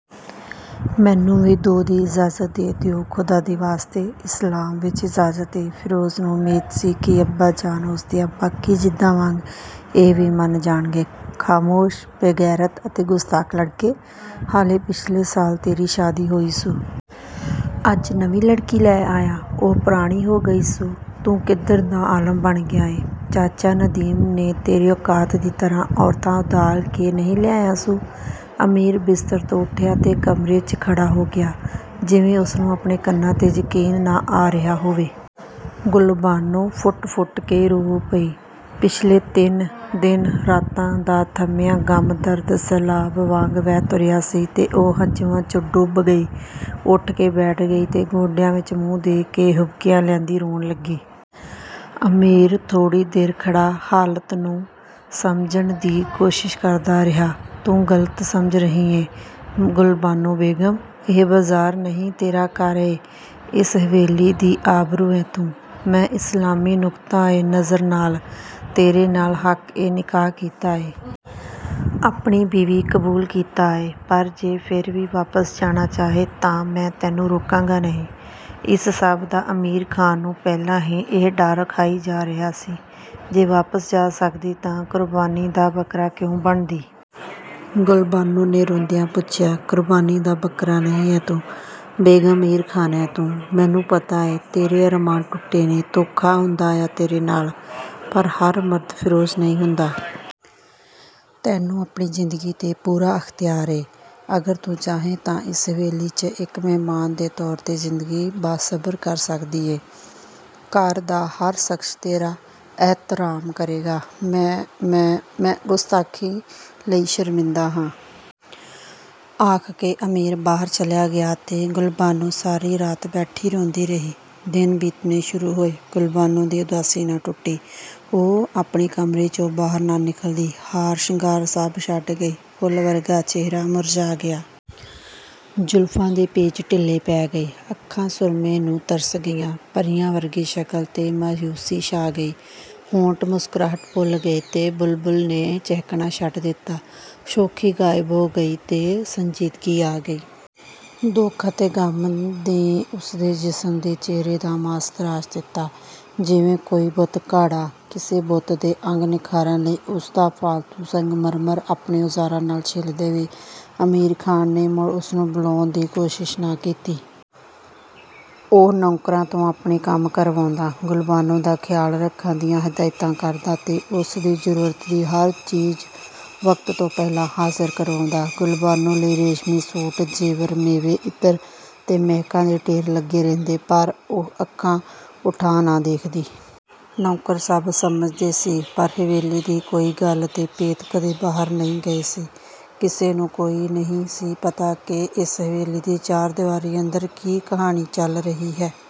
ਮੈਨੂੰ ਵੀ ਦੋ ਦੀ ਇਜਾਜ਼ਤ ਦੇ ਦਿਉ..ਖ਼ੁਦਾ ਦੇ ਵਾਸਤੇ..! ਇਸਲਾਮ ਵਿੱਚ ਇਜਾਜ਼ਤ ਏ। ਫਿਰੋਜ਼ ਨੂੰ ਉਮੀਦ ਸੀ ਕਿ ਅੱਬਾ ਜਾਨ, ਉਸਦੀਆ ਬਾਕੀ ਜ਼ਿੱਦਾਂ ਵਾਂਗ ਇਹ ਵੀ ਮੰਨ ਜਾਣਗੇ…! "ਖਾਮੌਸ਼… ਬੇਗੈਰਤ ਅਤੇ ਗੁਸਤਾਖ ਲੜਕੇ… ਹਾਲੇ ਪਿਛਲੇ ਸਾਲ ਤੇਰੀ ਸ਼ਾਦੀ ਹੋਈ ਸੂ। ਅੱਜ ਨਵੀ ਲੜਕੀ ਲੈ ਆਇਆ। ਉਹ ਪੁਰਾਣੀ ਹੋ ਗਈ ਸੂ…! ਤੂੰ ਕਿਧਰ ਦਾ ਆਲਮ ਬਣ ਗਿਆ ਏ…! ਚਾਚਾ ਨਦੀਮ ਨੇ ਤੇਰੀ ਔਕਾਤ ਦੀ ਤਰ੍ਹਾਂ ਔਰਤਾਂ ਉਧਾਲ ਕੇ ਨਹੀ ਲਿਆਦੀਆਂ ਸੂ। ਅਮੀਰ ਬਿਸਤਰ ਤੋਂ ਉਠਿਆਂ ਤੇ ਕਮਰੇ, ਚ' ਖੜ੍ਹਾ ਹੋ ਗਿਆ, ਜਿਵੇਂ ਉਸਨੂੰ ਆਪਣੇ ਕੰਨਾਂ ਤੇ ਯਕੀਨ ਨਾ ਆ ਰਿਹਾਂ ਹੋਵੇ। ਗੁਲਬਾਨੋ ਫੁੱਟ-ਫੁੱਟ ਕੇ ਰੋ ਪਈ। ਪਿਛਲੇ ਤਿੰਨ, ਦਿਨ-ਰਾਤਾਂ ਦਾ ਥੰਮਿਆਂ 'ਗਮ-ਦਰਦ', ਸੈਲਾਬ ਵਾਂਗ ਵਹਿ ਤੁਰਿਆ ਸੀ ਤੇ ਉਹ ਹੰਝੂਆਂ, ਚ' ਡੁੱਬ ਗਈ। ਉਠ ਕੇ ਬੈਠ ਗਈ ਤੇ ਗੋਡਿਆ ਵਿੱਚ ਮੂੰਹ ਦੇ ਕੇ ਹੁਬਕੀਆਂ ਲੈਦੀਆਂ ਰੋਣ ਲੱਗੀ। ਅਮੀਰ ਥੋੜ੍ਹੀ ਦੇਰ ਖੜ੍ਹਾ ਹਾਲਤ ਨੂੰ ਸਮਝਣ ਦੀ ਕੋਸ਼ਿਸ ਕਰਦਾ ਰਿਹਾ। "ਤੂੰ ਗਲਤ ਸਮਝ ਰਹੀ ਏਂ ਗੁਲਬਾਨੋ ਬੇਗਮ ".. ਇਹ ਬਜ਼ਾਰ ਨਹੀਂ ਤੇਰਾ ਘਰ ਏਂ। ਇਸ ਹਵੇਲੀ ਦੀ ਆਬਰੂ ਹੈ ਤੂੰ… ਮੈਂ ਇਸਲਾਮੀ ਨੁੱਕਤਾ-ਏ-ਨਜ਼ਰ ਨਾਲ, ਤੇਰੇ ਨਾਲ ਹੱਕ-ਏ-ਨਿਕਾਹ ਕੀਤਾ ਏਂ। ਆਪਣੀ ਬੀਵੀ ਕਬੂਲ ਕੀਤਾ ਏਂ। ਪਰ ਜੇ ਫਿਰ ਵੀ ਵਾਪਿਸ ਜਾਣਾ ਚਾਹੇ ਤਾਂ ਮੈਂ ਤੈਨੂੰ ਰੋਕਾਗਾਂ ਨਹੀ…! ਇਸ ਸਭ ਦਾ ਅਮੀਰ ਖ਼ਾਨ ਨੂੰ ਪਹਿਲਾਂ ਹੀ ਇਹ ਡਰ ਖਾਈ ਜਾ ਰਿਹਾ ਸੀ। "ਜੇ ਵਾਪਿਸ ਜਾ ਸਕਦੀ ਤਾਂ ਕੁਰਬਾਨੀ ਦਾ ਬਕਰਾ ਕਿਉਂ ਬਣਦੀ",! ਗੁਲਬਾਨੋ ਨੇ ਰੋਂਦਿਆ ਪੁੱਛਿਆ…! "ਕੁਰਬਾਨੀ ਦਾ ਬੱਕਰਾ ਨਹੀ ਹੈ ਤੂੰ.. ਬੇਗਮ ਅਮੀਰ ਖਾਨ ਹੈ ਤੂੰ …। ਮੈਨੂੰ ਪਤਾ ਏ ਤੇਰੇ ਅਰਮਾਨ ਟੁੱਟੇ ਨੇ, ਧੋਖਾ ਹੁੰਦਾਂ ਆਇਆ ਤੇਰੇ ਨਾਲ, ਪਰ ਹਰ ਮਰਦ ਫਿਰੋਜ ਨਹੀ ਹੁੰਦਾ। ਤੈਨੂੰ ਆਪਣੀ ਜ਼ਿੰਦਗੀ ਤੇ ਪੂਰਾ ਅਖਤਿਆਰ ਏਂ। ਅਗਰ ਤੂੰ ਚਾਹੇ ਤਾਂ ਇਸ ਹਵੇਲੀ, ਚ' ਇਕ ਮਹਿਮਾਨ ਦੇ ਤੌਰ ਤੇ ਜ਼ਿੰਦਗੀ ਬਾਸ਼ਬਰ ਕਰ ਸਕਦੀ ਏਂ..!! ਘਰ ਦਾ ਹਰ ਸ਼ਖਸ ਤੇਰਾ ਅਹਿਤਰਾਮ ਕਰੇਗਾ। ਮੈਂ….. ਮੈਂ…… ਮੈਂ ਗੁਸਤਾਖੀ ਲਈ ਸ਼ਰਮਿੰਦਾ ਹਾਂ। ਆਖਕੇ, ਅਮੀਰ ਬਾਹਰ ਚਲਿਆ ਗਿਆ ਤੇ ਗੁਲਬਾਨੋ ਸਾਰੀ ਰਾਤ ਬੈਠੀ ਰੋਂਦੀ ਰਹੀ। ਦਿਨ ਬੀਤਣੇ ਸੁਰੂ ਹੋਏ, ਗੁਲਬਾਨੋ ਦੀ ਉਦਾਸੀ ਨਾ ਟੁੱਟੀ। ਉਹ ਆਪਣੇ ਕਮਰੇ, ਚੋਂ ਬਾਹਰ ਨਾ ਨਿੱਕਲਦੀ। ਹਾਰ ਸਿੰਗਾਰ ਸੱਭ ਛੱਡ ਗਈ, ਫੁੱਲ ਵਰਗਾ ਚਿਹਰਾ ਮੁਰਝਾ ਗਿਆ। ਜ਼ੁਲਫ਼ਾ ਦੇ ਪੇਚ ਢਿੱਲੇ ਪੈ ਗਏ। ਅੱਖਾਂ ਸੁਰਮੇ ਨੂੰ ਤਰਸ਼ ਗਈਆ। ਪਰੀਆ ਵਰਗੀ ਸ਼ਕਲ ਤੇ ਮਾਯੂਸੀ ਛਾ ਗਈ। ਹੋਂਠ ਮੁਸਕ੍ਰਾਹਟ ਭੁੱਲ ਗਏ ਤੇ ਬੁਲਬਲ ਨੇ ਚਹਿਕਣਾ ਛੱਡ ਦਿਤਾ। ਸ਼ੋਖੀ ਗਾਇਬ ਹੋ ਗਈ ਤੇ ਸੰਜੀਦਗੀ ਆ ਗਈ। ਦੁਖ ਅਤੇ ਗਮ ਦੇ ਉਸਦੇ ਜ਼ਿਸਮ ਤੇ ਚਿਹਰੇ ਦਾ ਮਾਸ ਤਰਾਸ਼ ਦਿਤਾ… ਜਿਵੇਂ ਕੋਈ ਬੁੱਤਘਾੜਾ ਕਿਸੇ ਬੁੱਤ ਦੇ ਅੰਗ ਨਿਖਾਰਨ ਲਈ ਉਸਦਾ ਫਾਲਤੂ ਸੰਗਮਰਮਰ ਆਪਣੇ ਔਜ਼ਾਰਾਂ ਨਾਲ ਛਿੱਲ ਦੇਵੇ। ਅਮੀਰ ਖ਼ਾਨ ਨੇ, ਮੁੜ ਉਸਨੂੰ ਬਲਾਉਣ ਦੀ ਕੋਸ਼ਿਸ ਨਾ ਕੀਤੀ। ਉਹ ਨੌਕਰਾ ਤੋਂ ਆਪਣੇ ਕੰਮ ਕਰਵਾਉਦਾਂ। ਗੁਲਬਾਨੋ ਦਾ ਖ਼ਿਆਲ ਰੱਖਣ ਦੀਆਂ ਹਦਾਇਤਾਂ ਕਰਦਾ ਤੇ ਉਸ ਦੀ ਜ਼ਰੂਰਤ ਦੀ ਹਰ ਚੀਜ਼ ਵਕਤ ਤੋਂ ਪਹਿਲਾਂ ਹਾਜ਼ਰ ਕਰਵਾਉਦਾਂ। ਗੁਲਬਾਨੋ ਲਈ ਰੇਸ਼ਮੀ ਸੂਟ, ਜੇਵਰ, ਮੇਵੇ, ਇੱਤਰ ਤੇ ਮਹਿਕਾ ਦੇ ਢੇਰ ਲੱਗੇ ਰਹਿੰਦੇ ਪਰ ਉਹ ਅੱਖਾਂ ਉਠਾ ਨਾ ਦੇਖਦੀ। ਨੌਕਰ ਸਭ ਸਮਝਦੇ ਸੀ, ਪਰ ਹਵੇਲੀ ਦੀ ਕੋਈ ਗੱਲ ਤੇ ਭੇਤ ਕਦੇ ਬਾਹਰ ਨਹੀ ਗਏ ਸੀ। ਕਿਸੇ ਨੂੰ ਕੋਈ ਨਹੀਂ ਸੀ ਪਤਾ ਕੇ ਇਸ ਹਵੇਲੀ ਦੀ ਚਾਰ ਦੀਵਾਰੀ ਅੰਦਰ ਕੀ ਕਹਾਣੀ ਚੱਲ ਰਹੀ ਹੈ?